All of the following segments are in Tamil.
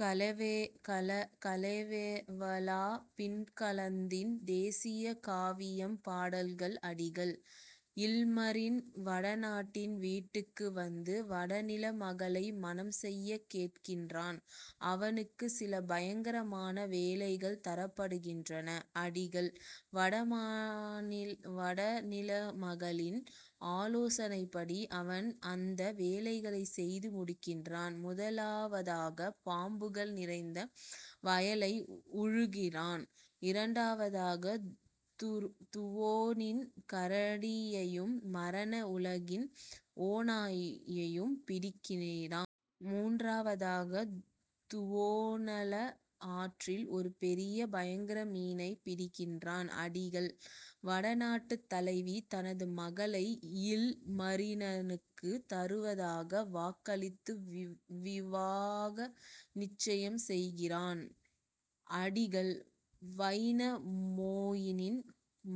கலேவலா பின்லாந்தின் தேசிய காவியம் பாடல்கள் அடிகள்: இல்மரினன் வடநாட்டின் வீட்டுக்கு வந்து வடநில மகளை மணம் செய்யக் கேட்கிறான். அவனுக்குச் சில பயங்கரமான வேலைகள் தரப்படுகின்றன. அடிகள்: வடநில மகளின் ஆலோசனைப்படி அவன் அந்த வேலைகளைச் செய்து முடிக்கிறான். முதலாவதாக பாம்புகள் நிறைந்த வயலை உழுகிறான்; இரண்டாவதாக துவோனியின் கரடியையும் மரண உலகின் ஓநாயையும் பிடிக்கிறான். மூன்றாவதாக துவோனலா ஆற்றில் ஒரு பெரிய பயங்கர மீனைப் பிடிக்கிறான். அடிகள்: வடநாட்டுத் தலைவி தனது மகளை இல்மரினனுக்குத் தருவதாக வாக்களித்து விவாக நிச்சயம் செய்கிறாள். அடிகள்: வைனாமொயினன்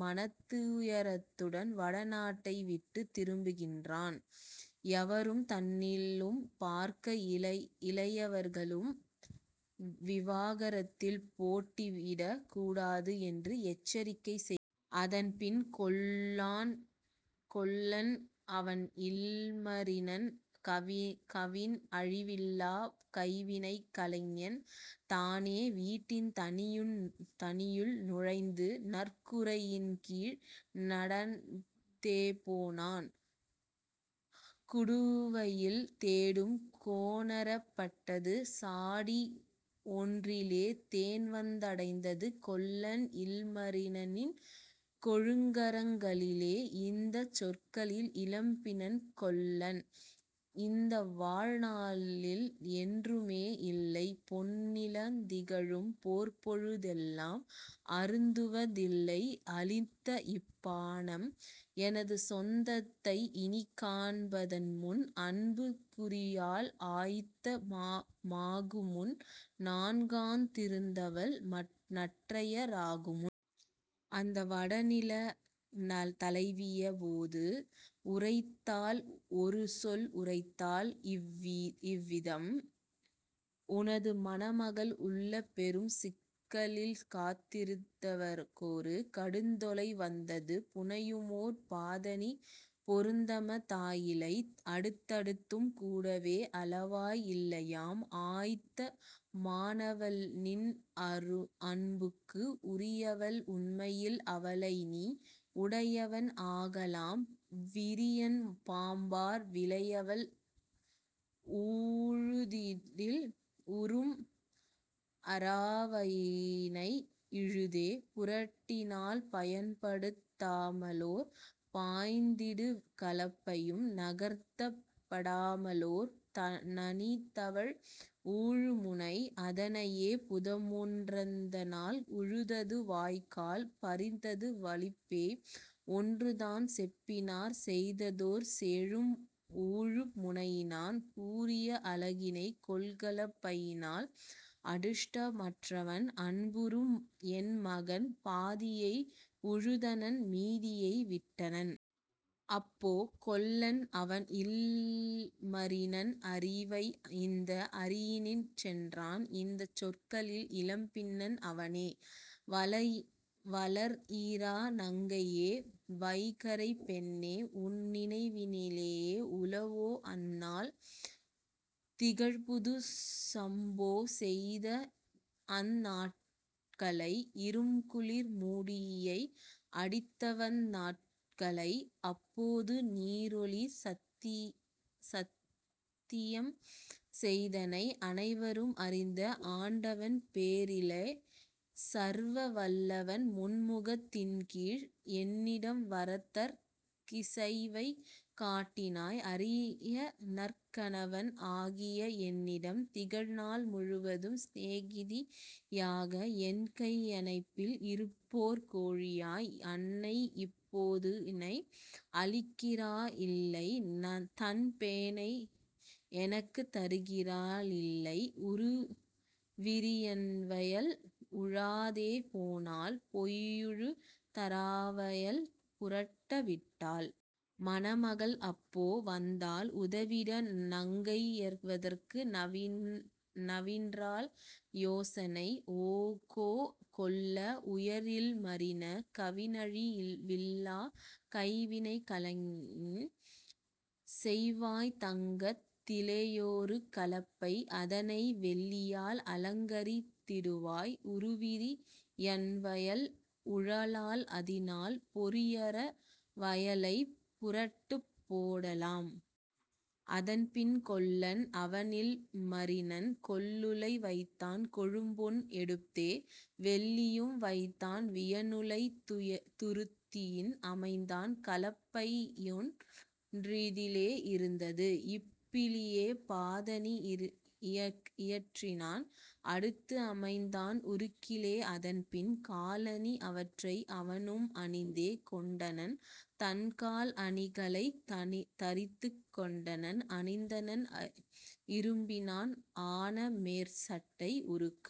மனத்துயருடன் வடநாட்டை விட்டுத் திரும்புகிறான். எவரும் தன்னிலும் பார்க்க இளையவர்களுடன் விவாகத்தில் போட்டியிடக் கூடாது என்று எச்சரிக்கை செய்கிறான். அதன்பின் கொல்லன் அவன்இல் மரினன் கவின்அழி வில்லாக் கைவினைக் கலைஞன் தானே வீட்டின் தனியுள் நுழைந்து நற்கூ ரையின்கீழ் நடந்தே போனான். குடுவையில் தேனும் கொணரப் பட்டது சாடி ஒன்றிலே தேன்வந் தடைந்தது கொல்லன்இல் மரினனின் கொழுங்கரங் களிலே; இந்தச் சொற்களில் இயம்பினன் கொல்லன்: "இந்தவாழ் நாளில் என்றுமே யில்லை பொன்னிலாத் திகழும் பொற்பொழு தெல்லாம் அருந்துவ தில்லை அளித்தஇப் பானம் எனது சொந் தத்தை இனிக்காண் பதன்முன் அன்புக் குரியாள் ஆயத்த மாகுமுன் நான்காத் திருந்தவள் நற்றயா ராகுமுன். " அந்த வடநிலத் தலைவியப் போது உரைத்தாள் ஒருசொல் உரைத்தாள் இவ்விதம்: "உனது மணமகள் உளள்பெரும் சிக்கலில் காத்திருந் தவட்கொரு கடுந்தொலை வந்தது புனையுமோர் பாதணி பொருத்தம தாயிலை அடுத்ததும் கூடவே அளவாய் இல்லையாம்; ஆயத்த மானவள்நின் அன்புக்கு உரியவள் உண்மையில் அவளைநீ உடையவன் ஆகலாம் விரியன் பாம்பார் விளைவயல் உழுதிடில் உறும்அரா வயலினை உழுதே புரட்டினால் பயன்படுத் தாமலோர் பாய்ந்திடு கலப்பையும் நகர்த்தப் படாமலோர் நனிதவழ் உழுமுனை; அதனையே புதமொன் றந்தநாள் உழுதது வாய்க்கால் பறித்தது வலியபேய் ஒன்றுதான் செப்பினாற் செய்ததோர் செழும்உழு முனையினால் கூரிய அலகினைக் கொள்கலப் பையினால் அதிர்ஷ்ட மற்றவன் அன்புறும் என்மகன் பாதியை உழுதனன் மீதியை விட்டனன். " அப்போ கொல்லன் அவன்இல் மரினன் அரிவை இருந்த அறையினுட் சென்றான் இந்தச் சொற்களில் இயம்பினன் அவனே: "வளர்இரா நங்கையே, வைகறைப் பெண்ணே! உன்நினை வினிலே உளவோ அந்நாள்? திகழ்புதுச் சம்போ செய்தஅந் நாட்களை? அரும்ஒளிர் மூடியை அடித்தவந் நாட்களை? அப்போது நீயொரு சத்தியம் செய்தனை அனைவரும் அறிந்த ஆண்டவன் பேரிலே சர்வ வல்லவன் தன்முகத் தின்கீழ் என்னிடம் வருதற் கிசைவைக் காட்டினாய் அரியநற் கணவன் ஆகிய என்னிடம் திகழ்நாள் முழுவதும் சினேகிதி யாக என்கை யணைப்பில் இருக்குமோர் கோழியாய்; அன்னைஇப் போதுனை அளிக்கிறா ளில்லை தன்பெணை எனக்குத் தருகிறா ளில்லை உறுவிரி யன்வயல் உழாதே போனால் போயுழு தராவயல் புரட்டா விட்டால். " மணமகள் அப்போ வந்தாள் உதவிட நங்கை யவற்கு நவின்றாள் யோசனை: "ஓகோ, கொல்ல, உயர்இல் மரின! கவினழி வில்லாக் கைவினைக் கலைஞ! செய்வாய் தங்கத் திலேயொரு கலப்பை அதனை வெள்ளியால் அலங்கரித் திடுவாய் உறுவிரி யன்வயல் உழலாம் அதனால் பொறியரா வயலைப் புரட்டிப் போடலாம். " அதன்பின் கொல்லன் அவன்இல் மரினன் கொல்லுலை வைத்தான் கொழும்பொன் எடுத்தே வெள்ளியும் வைத்தான் வியனுலைத் துருத்தியில் அமைத்தான் கலப்பையொன் றதிலே யிருந்து; இரும்பிலே பாதணி இயற்றினான் அடுத்து அமைத்தான் உருக்கிலே அதன்பின் காலணி அவற்றை அவனும் அணிந்தே கொண்டனன் தன்கால் அணிகளைத் தரித்துக் கொண்டனன் அணிந்தனன் இரும்பினால் ஆனமேற் சட்டை உருக்கு